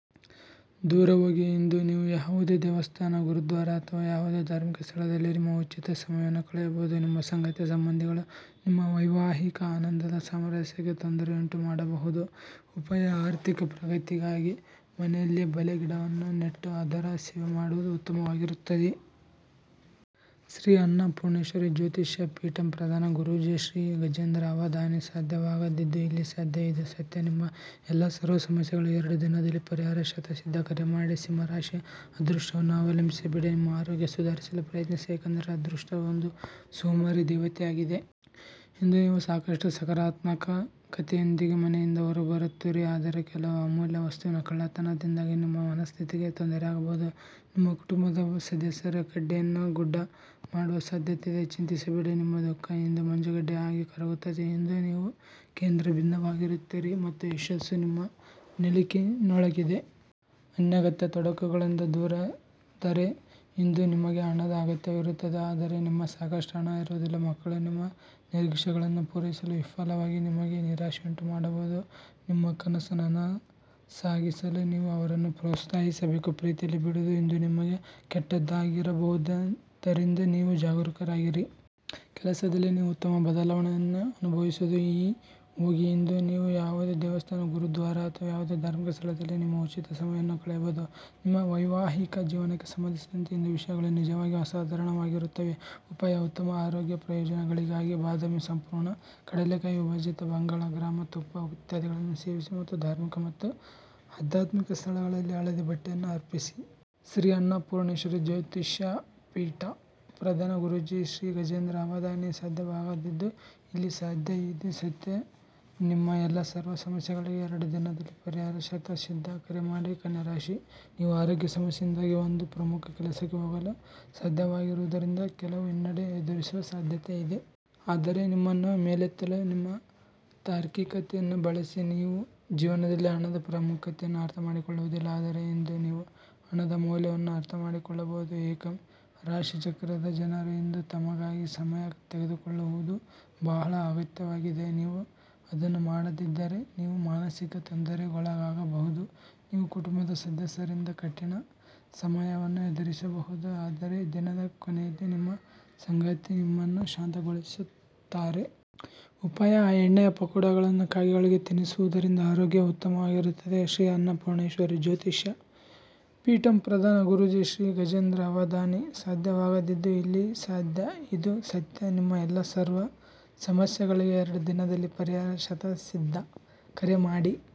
ದೂರ ಹೋಗಿ ಇಂದು ನೀವು ಯಾವುದೇ ದೇವಸ್ಥಾನ, ಗುರುದ್ವಾರ ಅಥವಾ ಯಾವುದೇ ಧಾರ್ಮಿಕ ಸ್ಥಳದಲ್ಲಿ ನಿಮ್ಮ ಉಚಿತ ಸಮಯವನ್ನು ಕಳೆಯಬಹುದು. ನಿಮ್ಮ ಸಂಗಾತಿಯ ಸಂಬಂಧಿಗಳು ನಿಮ್ಮ ವೈವಾಹಿಕ ಆನಂದದ ಸಾಮರಸ್ಯಕ್ಕೆ ತೊಂದರೆಯುಂಟು ಮಾಡಬಹುದು. ಉಪಾಯ:- ಆರ್ಥಿಕ ಪ್ರಗತಿಗಾಗಿ ಮನೆಯಲ್ಲಿ ಬಲೇ ಗಿಡವನ್ನು ನೆಟ್ಟು ಅದರ ಸೇವೆ ಮಾಡುವುದು ಉತ್ತಮವಾಗಿರುತ್ತದೆ. ಶ್ರೀ ಅನ್ನಪೂರ್ಣೇಶ್ವರಿ ಜ್ಯೋತಿಷ್ಯ ಪೀಠಂ ಪ್ರಧಾನ ಗುರೂಜಿ ಶ್ರೀ ಗಜೇಂದ್ರ ಅವಧಾನಿ. ಸಾಧ್ಯವಾಗದಿದ್ದದ್ದು ಇಲ್ಲಿ ಸಾಧ್ಯ. ಇದು ಸತ್ಯ ನಿಮ್ಮ ಎಲ್ಲಾ ಸರ್ವ ಸಮಸ್ಯೆಗಳಿಗೆ ಎರಡು ದಿನದಲ್ಲಿ ಪರಿಹಾರ ಶತಸಿದ್ಧ. ಕರೆ ಮಾಡಿ ಸಿಂಹ ರಾಶಿ: ಅದೃಷ್ಟವನ್ನು ಅವಲಂಬಿಸಬೇಡಿ, ನಿಮ್ಮ ಆರೋಗ್ಯ ಸುಧಾರಿಸಲು ಪ್ರಯತ್ನಿಸಿ ಏಕೆಂದರೆ ಅದೃಷ್ಟವು ಒಂದು ಸೋಮಾರಿ ದೇವತೆಯಾಗಿದೆ. ಇಂದು ನೀವು ಸಾಕಷ್ಟು ಸಕಾರಾತ್ಮಕತೆಯೊಂದಿಗೆ ಮನೆಯಿಂದ ಹೊರಬರುತ್ತೀರಿ ಆದರೆ ಕೆಲವು ಅಮೂಲ್ಯ ವಸ್ತುವಿನ ಕಳ್ಳತನದಿಂದಾಗಿ ನಿಮ್ಮ ಮನಸ್ಥಿತಿಗೆ ತೊಂದರೆಯಾಗಬಹುದು. ನಿಮ್ಮ ಕುಟುಂಬದ ಸದಸ್ಯರು ಕಡ್ಡಿಯನ್ನು ಗುಡ್ಡ ಮಾಡುವ ಸಾಧ್ಯತೆಯಿದೆ. ಚಿಂತಿಸಬೇಡಿ ನಿಮ್ಮ ದುಃಖ ಇಂದು ಮಂಜುಗಡ್ಡೆಯ ಹಾಗೆ ಕರಗುತ್ತದೆ. ಇಂದು ನೀವು ಕೇಂದ್ರಬಿಂದುವಾಗಿರುತ್ತೀರಿ ಮತ್ತು ಯಶಸ್ಸು ನಿಮ್ಮ ನಿಲುಕಿನೊಳಗಿದೆ. ಅನಗತ್ಯ ತೊಡಕುಗಳಿಂದ ದೂರ ದರೆ ಇಂದು ನಿಮಗೆ ಹಣದ ಅಗತ್ಯವಿರುತ್ತದೆ ಆದರೆ ನಿಮ್ಮ ಸಾಕಷ್ಟು ಹಣ ಇರುವುದಿಲ್ಲ. ಮಕ್ಕಳು ನಿಮ್ಮ ನಿರೀಕ್ಷೆಗಳನ್ನು ಪೂರೈಸಲು ವಿಫಲವಾಗಿ ನಿಮಗೆ ನಿರಾಶೆಯುಂಟುಮಾಡಬಹುದು. ನಿಮ್ಮ ಕನಸು ನನಸಾಗಿಸಲು ನೀವು ಅವರನ್ನು ಪ್ರೋತ್ಸಾಹಿಸಬೇಕು. ಪ್ರೀತಿಯಲ್ಲಿ ಬೀಳುವುದು ಇಂದು ನಿಮಗೆ ಕೆಟ್ಟದಾಗಿರಬಹುದಾದ್ದರಿಂದ ನೀವು ಜಾಗರೂಕರಾಗಿರಿ. ಕೆಲಸದಲ್ಲಿ ನೀವು ಉತ್ತಮ ಬದಲಾವಣೆಯನ್ನು ಅನುಭವಿಸಬಹುದು. ಈ ಹೋಗಿ ಇಂದು ನೀವು ಯಾವುದೇ ದೇವಸ್ಥಾನ, ಗುರುದ್ವಾರ ಅಥವಾ ಯಾವುದೇ ಧಾರ್ಮಿಕ ಸ್ಥಳದಲ್ಲಿ ನಿಮ್ಮ ಉಚಿತ ಸಮಯವನ್ನು ಕಳೆಯಬಹುದು. ನಿಮ್ಮ ವೈವಾಹಿಕ ಜೀವನಕ್ಕೆ ಸಂಬಂಧಿಸಿದಂತೆ ಇಂದು ವಿಷಯಗಳು ನಿಜವಾಗಿಯೂ ಅಸಾಧಾರಣವಾಗಿರುತ್ತವೆ. ಉಪಾಯ:- ಉತ್ತಮ ಅರೋಗ್ಯ ಪ್ರಯೋಜನೆಗಳಿಗಾಗಿ ಬಾದಾಮಿ, ಸಂಪೂರ್ಣ ಕಡಲೆಕಾಯಿ, ವಿಭಜಿತ ಬಂಗಾಳ ಗ್ರಾಂ ತುಪ್ಪ ಇತ್ಯಾದಿಗಳನ್ನು ಸೇವಿಸಿ ಮತ್ತು ಧಾರ್ಮಿಕ ಮತ್ತು ಆಧ್ಯಾತ್ಮಿಕ ಸ್ಥಳಗಳಲ್ಲಿ ಹಳದಿ ಬಟ್ಟೆಯನ್ನು ಅರ್ಪಿಸಿ. ಶ್ರೀ ಅನ್ನಪೂರ್ಣೇಶ್ವರಿ ಜ್ಯೋತಿಷ್ಯ ಪೀಠ, ಪ್ರಧಾನ ಗುರೂಜಿ ಶ್ರೀ ಗಜೇಂದ್ರ ಅವಧಾನಿ. ಸಾಧ್ಯವಾಗದಿದ್ದದ್ದು ಇಲ್ಲಿ ಸಾಧ್ಯ. ಇದು ಸತ್ಯ ನಿಮ್ಮ ಎಲ್ಲಾ ಸರ್ವ ಸಮಸ್ಯೆಗಳಿಗೆ ಎರಡು ದಿನದಲ್ಲಿ ಪರಿಹಾರ ಶತಸಿದ್ಧ. ಕರೆ ಮಾಡಿ ಕನ್ಯಾ ರಾಶಿ: ನೀವು ಆರೋಗ್ಯ ಸಮಸ್ಯೆಯಿಂದಾಗಿ ಒಂದು ಪ್ರಮುಖ ಕೆಲಸಕ್ಕೆ ಹೋಗಲು ಸಾಧ್ಯವಾಗದಿರುವುದರಿಂದ ಕೆಲವು ಹಿನ್ನಡೆ ಎದುರಿಸುವ ಸಾಧ್ಯತೆಯಿದೆ. ಆದರೆ ನಿಮ್ಮನ್ನು ಮೇಲೆತ್ತಲು ನಿಮ್ಮ ತಾರ್ಕಿಕತೆಯನ್ನು ಬಳಸಿ. ನೀವು ಜೀವನದಲ್ಲಿ ಹಣದ ಪ್ರಾಮುಖ್ಯತೆಯನ್ನು ಅರ್ಥಮಾಡಿಕೊಳ್ಳುವುದಿಲ್ಲ ಆದರೆ ಇಂದು ನೀವು ಹಣದ ಮೌಲ್ಯವನ್ನು ಅರ್ಥಮಾಡಿಕೊಳ್ಳಬಹುದು ಏಕಂ ರಾಶಿಚಕ್ರದ ಜನರು ಇಂದು ತಮಗಾಗಿ ಸಮಯ ತೆಗೆದುಕೊಳ್ಳುವುದು ಬಹಳ ಅಗತ್ಯವಾಗಿದೆ. ನೀವು ಅದನ್ನು ಮಾಡದಿದ್ದರೆ ನೀವು ಮಾನಸಿಕ ತೊಂದರೆಗೊಳಗಾಗಬಹುದು. ನೀವು ಕುಟುಂಬದ ಸದಸ್ಯರಿಂದ ಕಠಿಣ ಸಮಯವನ್ನು ಎದುರಿಸಬಹುದು ಆದರೆ ದಿನದ ಕೊನೆಯಲ್ಲಿ ನಿಮ್ಮ ಸಂಗಾತಿ ನಿಮ್ಮನ್ನು ಶಾಂತಗೊಳಿಸುತ್ತಾರೆ. ಉಪಾಯ:- ಎಣ್ಣೆಯ ಪಕೋಡಗಳನ್ನು ಕಾಗೆಗಳಿಗೆ ತಿನಿಸುವುದರಿಂದ ಆರೋಗ್ಯವು ಉತ್ತಮವಾಗಿರುತ್ತದೆ. ಶ್ರೀ ಅನ್ನಪೂರ್ಣೇಶ್ವರಿ ಜ್ಯೋತಿಷ್ಯ ಪೀಠಂ, ಪ್ರಧಾನ ಗುರೂಜಿ ಶ್ರೀ ಗಜೇಂದ್ರ ಅವಧಾನಿ. ಸಾಧ್ಯವಾಗದಿದ್ದದ್ದು ಇಲ್ಲಿ ಸಾಧ್ಯ. ಇದು ಸತ್ಯ ನಿಮ್ಮ ಎಲ್ಲಾ ಸರ್ವ ಸಮಸ್ಯೆಗಳಿಗೆ ಎರಡು ದಿನದಲ್ಲಿ ಪರಿಹಾರ ಶತಸಿದ್ಧ ಕರೆ ಮಾಡಿ.